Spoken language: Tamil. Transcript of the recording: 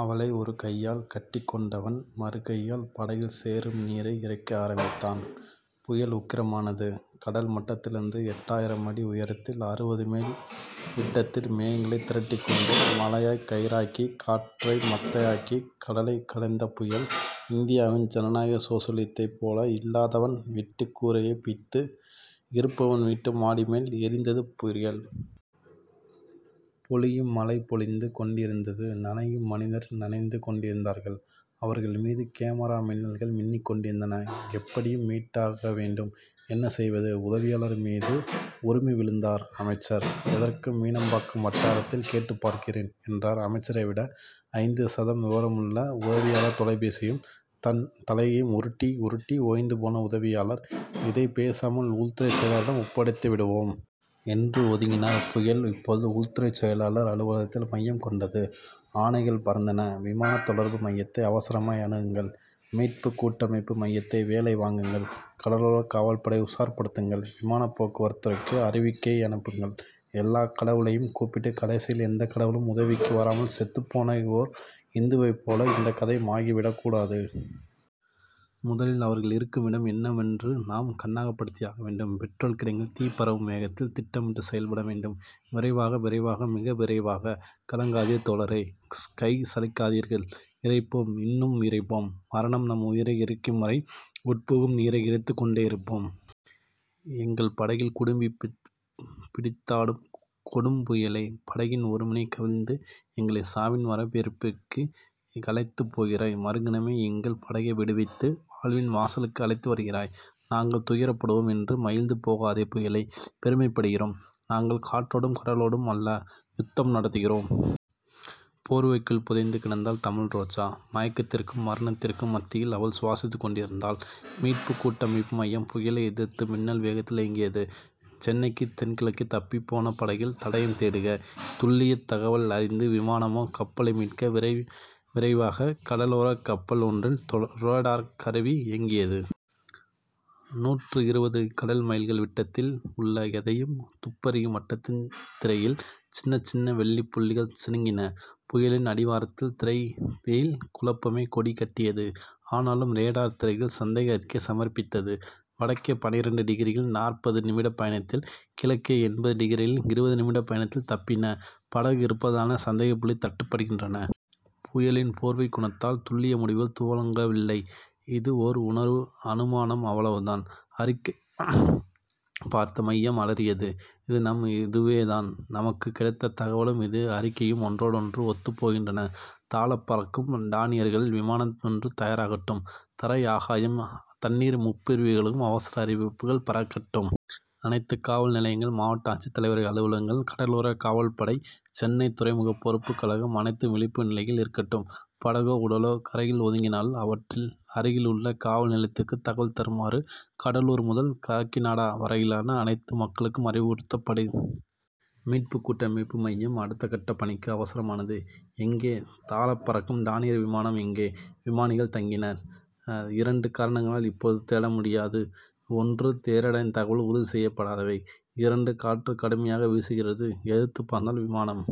அவளை ஒருகையால் கட்டிக்கொண்டவன், மறுகையால் படகில் சேரும் நீரை இறைக்க ஆரம்பித்தான். புயல் உக்கிரமானது. கடல் மட்டத்திலிருந்து எட்டாயிரம் அடி உயரத்தில் அறுபது மைல் விட்டத்தில் மேகங்களைத் திரட்டிக்கொண்டு, மழையைக் கயிறாக்கிக் காற்றை மத்தாக்கிக் கடலைக் கடைந்தது புயல்... இந்தியாவின் ஜனநாயக சோசலிசத்தைப் போலவே இல்லாதவன் வீட்டுக் கூரையைப் பிய்த்து இருப்பவன் வீட்டு மாடிமேல் எறிந்தது புயல். பொழியும் மழை பொழிந்து கொண்டேயிருந்தது. நனையும் மனிதர்கள் நனைந்து கொண்டேயிருந்தார்கள். அவர்கள்மீது கேமரா மின்னல்கள் மின்னிக் கொண்டேயிருந்தன. எப்படியும் மீட்டாகவேண்டும்... என்ன செய்வது? உதவியாளர்மீது உறுமி விழுந்தார் அமைச்சர். எதற்கும் மீனம்பாக்கம் வட்டாரத்தில் கேட்டுப் பார்க்கிறேன்... என்றார் அமைச்சரைவிட ஐந்து சதம் விவரமுள்ள உதவியாளர். தொலைபேசியையும் தன் தலையையும் உருட்டி உருட்டி ஓய்ந்துபோன உதவியாளர், இதைப் பேசாமல் உள்துறைச் செயலாளரிடம் ஒப்படைத்துவிடுவோம்... என்று ஒதுங்கினார். புயல், இப்போது உள்துறைச் செயலாளர் அலுவலகத்தில் மையம் கொண்டது. ஆணைகள் பறந்தன. விமானத் தொடர்பு மையத்தை அவசரமாய் அணுகுங்கள். மீட்புக் கூட்டமைப்பு மையத்தை வேலை வாங்குங்கள். கடலோரக் காவல்படையை உஷார்ப்படுத்துங்கள். விமானப் போக்குவரத்துத் துறைக்கு அறிவிக்கை அனுப்புங்கள். எல்லாக் கடவுளையும் கூப்பிட்டுக் கடைசியில் எந்தக் கடவுளும் உதவிக்கு வராமல் செத்துப் போன ஓர் இந்துவைப் போல இந்தக் கதையும் ஆகிவிடக் கூடாது. முதலில் அவர்கள் இருக்குமிடம் எதுவென்று நாம் கண்ணகப்படுத்தியாக வேண்டும். பெட்ரோல் கிடங்கில் தீ பரவும் வேகத்தில் திட்டமிட்டுச் செயல்படவேண்டும். விரைக விரைக மிக விரைக. கலங்காதீர் தோழர்களே. கை சலிக்காதீர். இறைப்போம் இன்னும் இறைப்போம். மரணம் நம் உயிரை இறைக்கும்வரைக்கும், உட்புகும் நீரை இறைத்துக் கொண்டேயிருப்போம். எங்கள் படகின் குடுமி பிடித்தாட்டும் கொடும்புயலே. படகின் ஒருமுனை கவிழ்த்து எங்களைச் சாவின் வரவேற்பறைக்கு அழைத்துப் போகிறாய். மறுகணமே எங்கள் படகை விடுவித்து, வாழ்வின் வாசலுக்கு அழைத்து வருகிறாய். நாங்கள் துயரப்படுவோம் என்று மகிழ்ந்து போகாதே புயலே. பெருமைப்படுகிறோம். நாங்கள் காற்றோடும் கடலோடும் அல்லவா யுத்தம் நடத்துகிறோம்? போர்வைக்குள் புதைந்து கிடந்தாள் தமிழ்ரோஜா. மயக்கத்திற்கும் மரணத்திற்கும் மத்தியில் அவள் சுவாசித்துக் கொண்டிருந்தாள். மீட்புக் கூட்டமைப்பு மையம் புயலை எதிர்த்து மின்னல் வேகத்தில் இயங்கியது. சென்னைக்குத் தென்கிழக்கே தப்பிப்போன படகின் தடயம் தேடுக. துல்லியத் தகவல் அறிந்து விமானமோ கப்பலோ மீட்க விரைக. கரையோரக் கப்பல் ஒன்றின் ரேடார் கருவி இயங்கியது. நூற்று இருபது கடல்மைல்கள் விட்டத்தில் உள்ள எதையும் துப்பறியும் அதன் வட்டத்திரையில் சின்னச் சின்ன வெளிச்சப் புள்ளிகள் சிணுங்கின. புயலின் ஆரவாரத்தில் திரையில் குழப்பமே கொடி கட்டியது. ஆனாலும் ரேடார் திரை சந்தேக அறிக்கை சமர்ப்பித்தது. வடக்கே பன்னிரண்டு டிகிரியில் நாற்பது நிமிடப் பயணத்தில், கிழக்கே எண்பது டிகிரியில் இருபது நிமிடப் பயணத்தில் தப்பிப்போன படகு இருப்பதான சந்தேகப்புள்ளிகள் தட்டுப்படுகின்றன. புயலின் போர்க்குணத்தால் துல்லிய முடிவுகள் துலங்கவில்லை. இது ஓர் அனுமானம் அவ்வளவுதான்... அறிக்கை பார்த்த மையம் அலறியது. இதுதான். இதுவேதான். நமக்குக் கிடைத்த தகவலும் இந்த அறிக்கையும் ஒன்றோடொன்று ஒத்துப் போகின்றன. தாழப் பறக்கும் டார்னியர் விமானமொன்று தயாராகட்டும். தரை ஆகாயம் தண்ணீர் முப்பிரிவுகளுக்கும் அவசர அறிவிப்புகள் பறக்கட்டும். அனைத்துக் காவல் நிலையங்கள், மாவட்ட ஆட்சித் தலைவர் அலுவலகங்கள், கடலோரக் காவல்படை, சென்னை துறைமுகப் பொறுப்புக் கழகம் அனைத்தும் விழிப்பு நிலையில் இருக்கட்டும் படகோ உடலோ கரையில் ஒதுங்கினால், அருகிலுள்ள காவல் நிலையத்துக்குத் தகவல் தருமாறு கடலூர் முதல் காக்கிநாடா வரையிலுள்ள அனைத்து மக்களும் அறிவுறுத்தப்படட்டும். மீட்புக் கூட்டமைப்பு மையம் அடுத்த கட்டப் பணிக்கு அவசரமானது. எங்கே? தாழப் பறக்கும் டார்னியர் விமானம் எங்கே? விமானிகள் தயங்கினர். இரண்டு காரணங்களால் இப்போது முடியாது ஒன்று ரேடரின் தகவல்கள் உறுதிசெய்யப்படாதவை. இரண்டு காற்று கடுமையாக வீசுகிறது. எதிர்த்துப் பறந்தால் விமானம்